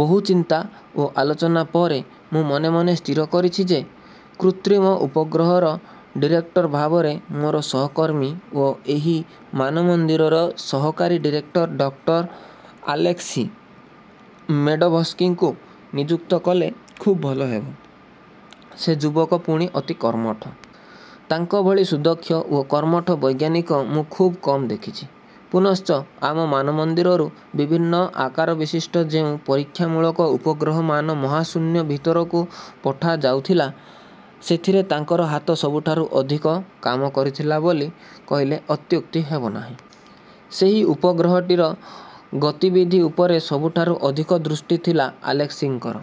ବହୁ ଚିନ୍ତା ଓ ଆଲୋଚନା ପରେ ମୁଁ ମନେ ମନେ ସ୍ଥିର କରିଛି ଯେ, କୃତ୍ରିମ ଉପଗ୍ରହର ଡିରେକ୍ଟର ଭାବରେ ମୋର ସହକର୍ମୀ ଓ ଏହି ମାନମନ୍ଦିରର ସହକାରୀ ଡିରେକ୍ଟର ଡକ୍ଟର ଆଲେସ୍କି ମେଡ଼ୋଭସ୍କିଙ୍କୁ ନିଯୁକ୍ତ କଲେ ଖୁବ୍ ଭଲ ହେବ। ସେ ଯୁବକ, ପୁଣି ଅତି କର୍ମଠ। ତାଙ୍କ ଭଳି ସୁଦକ୍ଷ ଓ କର୍ମଠ ବୈଜ୍ଞାନିକ ମୁଁ ଖୁବ୍ କମ୍ ଦେଖିଛି। ପୁନଶ୍ଚ ଆମ ମାନମନ୍ଦିରରୁ ବିଭିନ୍ନ ଆକାରବିଶିଷ୍ଟ ଯେଉଁ ପରୀକ୍ଷାମୂଳକ ଉପଗ୍ରହମାନ ମହାଶୂନ୍ୟ ଭିତରକୁ ପଠାଯାଇଥିଲା, ସେଥିରେ ତାଙ୍କର ହାତ ସବୁଠାରୁ ଅଧିକ କାମ କରିଥିଲା ବୋଲି କହିଲେ ଅତ୍ୟୁକ୍ତି ହେବ ନାହିଁ। ସେହି ଉପଗ୍ରହଟିର ଗତିବିଧି ଉପରେ ସବୁଠାରୁ ଅଧିକ ଦୃଷ୍ଟି ଥିଲା ଆଲେସ୍କିଙ୍କର।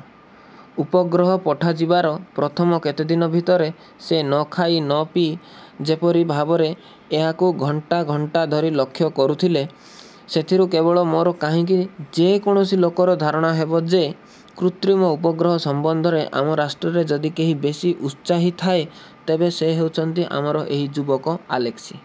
ଉପଗ୍ରହ ପଠାଯିବାର ପ୍ରଥମ କେତେଦିନ ଭିତରେ ସେ ନଖାଇ ନପିଇ ଯେପରି ଭାବରେ ଏହାକୁ ଘଣ୍ଟା ଘଣ୍ଟା ଧରି ଲକ୍ଷ୍ୟ କରୁଥିଲେ, ସେଥିରୁ କେବଳ ମୋର କାହିଁକି ଯେକୌଣସି ଲୋକର ଧାରଣା ହେବ ଯେ, କୃତ୍ରିମ ଉପଗ୍ରହ ସମ୍ୱନ୍ଧରେ ଆମ ରାଷ୍ଟ୍ରରେ ଯଦି କେହି ବେଶି ଉତ୍ସାହୀ ଥାଏ, ତେବେ ସେ ହେଉଛନ୍ତି ଆମର ଏହି ଯୁବକ ଆଲେସ୍କି।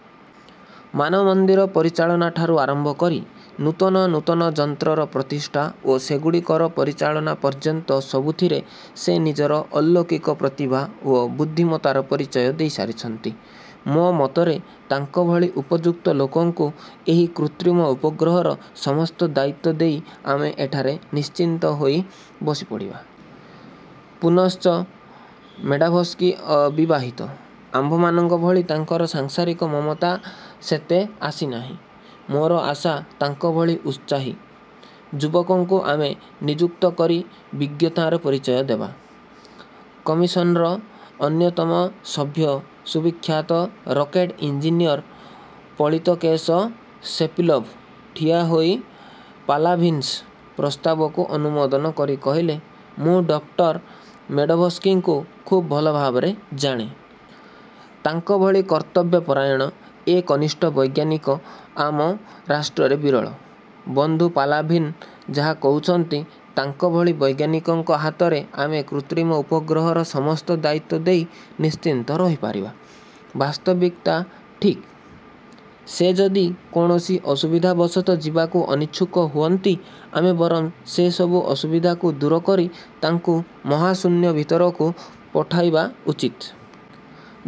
ମାନମନ୍ଦିରର ପରିଚାଳନାଠାରୁ ଆରମ୍ଭ କରି ନୂତନ ନୂତନ ଯନ୍ତ୍ରର ପ୍ରତିଷ୍ଠା ଓ ସେଗୁଡ଼ିକର ପରିଚାଳନା ପର୍ଯ୍ୟନ୍ତ ସବୁଥିରେ ସେ ନିଜର ଆଲୌକିକ ପ୍ରତିଭା ଓ ବୁଦ୍ଧିମତ୍ତାର ପରିଚୟ ଦେଇସାରିଛନ୍ତି। ମୋ ମତରେ ତାଙ୍କ ଭଳି ଉପଯୁକ୍ତ ଲୋକଙ୍କୁ ଏହି କୃତ୍ରିମ ଉପଗ୍ରହର ସମସ୍ତ ଦାୟିତ୍ୱ ଦେଇ ଆମେ ଏଠାରେ ନିଶ୍ଚିନ୍ତହୋଇ ବସିପାରିବା। ପୁନଶ୍ଚ ମେଡ଼ୋଭସ୍କି ଅବିବାହିତ। ଆମ୍ଭମାନଙ୍କ ଭଳି ତାଙ୍କର ସାଂସାରିକ ମମତା ସେତେ ଆସିନାହିଁ। ମୋର ଆଶା, ତାଙ୍କଭଳି ଉତ୍ସାହୀ। ଯୁବକଙ୍କୁ ଆମେ ନିଯୁକ୍ତ କରି ବିଜ୍ଞତାର ପରିଚୟ ଦେବା। '' କମିଶନ୍ର ଅନ୍ୟତମ ସଭ୍ୟ ସୁବିଖ୍ୟାତ ରକେଟ୍ ଇଞ୍ଜିନିୟର ପଳିତକେଶ ସେପିଲୋଭ୍ ଠିଆହୋଇ ପାଲାଭିନ୍ଙ୍କ ପ୍ରସ୍ତାବକୁ ଅନୁମୋଦନ କରି କହିଲେ, ''ମୁଁ ଡକ୍ଟର ମେଡ଼ୋଭସ୍କିଙ୍କୁ ଖୁବ୍ ଭଲଭାବରେ ଜାଣେ। ତାଙ୍କଭଳି କର୍ତ୍ତବ୍ୟପରାୟଣ, ଏ କନିଷ୍ଠ ବୈଜ୍ଞାନିକ ଆମ ରାଷ୍ଟ୍ରରେ ବିରଳ। ବନ୍ଧୁ ପାଲାଭିନ୍ ଯାହା କହୁଛନ୍ତି ତାଙ୍କ ଭଳି ବୈଜ୍ଞାନିକଙ୍କ ହାତରେ ଆମେ କୃତ୍ରିମ ଉପଗ୍ରହର ସମସ୍ତ ଦାୟିତ୍ୱ ଦେଇ ନିଶ୍ଚିନ୍ତ ରହିପାରିବା; ବାସ୍ତବିକ ତା ଠିକ୍। ସେ ଯଦି କୌଣସି ଅସୁବିଧାବଶତଃ ଯିବାକୁ ଅନିଚ୍ଛୁକ ହୁଅନ୍ତି, ଆମେ ବରଂ ସେ ସବୁ ଅସୁବିଧାକୁ ଦୂରକରି ତାଙ୍କୁ ମହାଶୂନ୍ୟ ଭିତରକୁ ପଠାଇବା ଉଚିତ।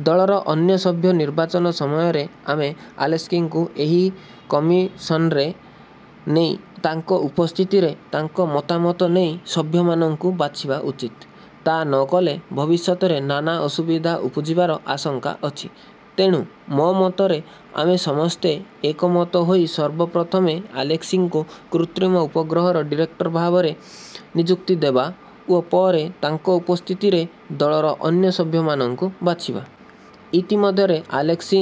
ଦଳର ଅନ୍ୟ ସଭ୍ୟ ନିର୍ବାଚନ ସମୟରେ ଆମେ ଆଲେସ୍କିଙ୍କୁ ଏହି କମିଶନ୍ରେ ନେଇ ତାଙ୍କ ଉପସ୍ଥିତିରେ ତାଙ୍କ ମତାମତ ନେଇ ସଭ୍ୟମାନଙ୍କୁ ବାଛିବା ଉଚିତ। ତା ନକଲେ ଭବିଷ୍ୟତରେ ନାନା ଅସୁବିଧା ଉପୁଜିବାର ଆଶଙ୍କା ଅଛି। ତେଣୁ ମୋ ମତରେ, ଆମେ ସମସ୍ତେ ଏକମତ ହୋଇ ସର୍ବପ୍ରଥମେ ଆଲେସ୍କିଙ୍କୁ କୃତ୍ରିମ ଉପଗ୍ରହର ଡିରେକ୍ଟର ଭାବରେ ନିଯୁକ୍ତି ଦେବା ଓ ପରେ ତାଙ୍କ ଉପସ୍ଥିତିରେ ଦଳର ଅନ୍ୟ ସଭ୍ୟମାନଙ୍କୁ ବାଛିବା। ଇତିମଧ୍ୟରେ ଆଲେସ୍କି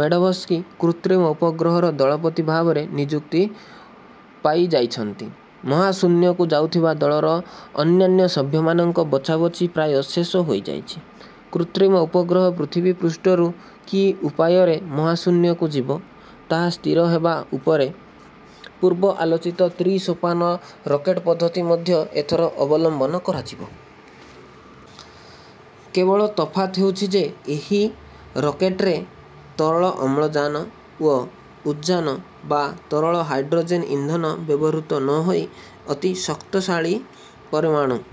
ମେଡ଼ୋଭସ୍କି କୃତ୍ରିମ ଉପଗ୍ରହର ଦଳପତି ଭାବରେ ନିଯୁକ୍ତି ପାଇଯାଇଛନ୍ତି। ମହାଶୂନ୍ୟକୁ ଯାଉଥିବା ଦଳର ଅନ୍ୟାନ୍ୟ ସଭ୍ୟମାନଙ୍କ ବଛାବଛି ପ୍ରାୟ ଶେଷ ହୋଇଯାଇଛି। କୃତ୍ରିମ ଉପଗ୍ରହ ପୃଥିବୀପୃଷ୍ଠରୁ କି ଉପାୟରେ ମହାଶୂନ୍ୟକୁ ଯିବ, ତାହା ସ୍ଥିର ହେବା ଉପରେ। ପୂର୍ବ ଆଲୋଚିତ ତ୍ରି-ସୋପାନ ରକେଟ୍ ପଦ୍ଧତି ମଧ୍ୟ ଏଥର ଅବଲମ୍ୱନ କରାଯିବ। କେବଳ ତଫାତ୍ ହେଉଛି ଯେ, ଏହି ରକେଟ୍ରେ ତରଳ ଅମ୍ଳଜାନ ଓ ଉଦ୍ଜାନ ବା ତରଳ ହାଇଡ଼୍ରୋଜେନ୍ ଇନ୍ଧନ ବ୍ୟବହୃତ ନ ହୋଇ ଅତି ଶକ୍ତିଶାଳୀ ପରମାଣୁ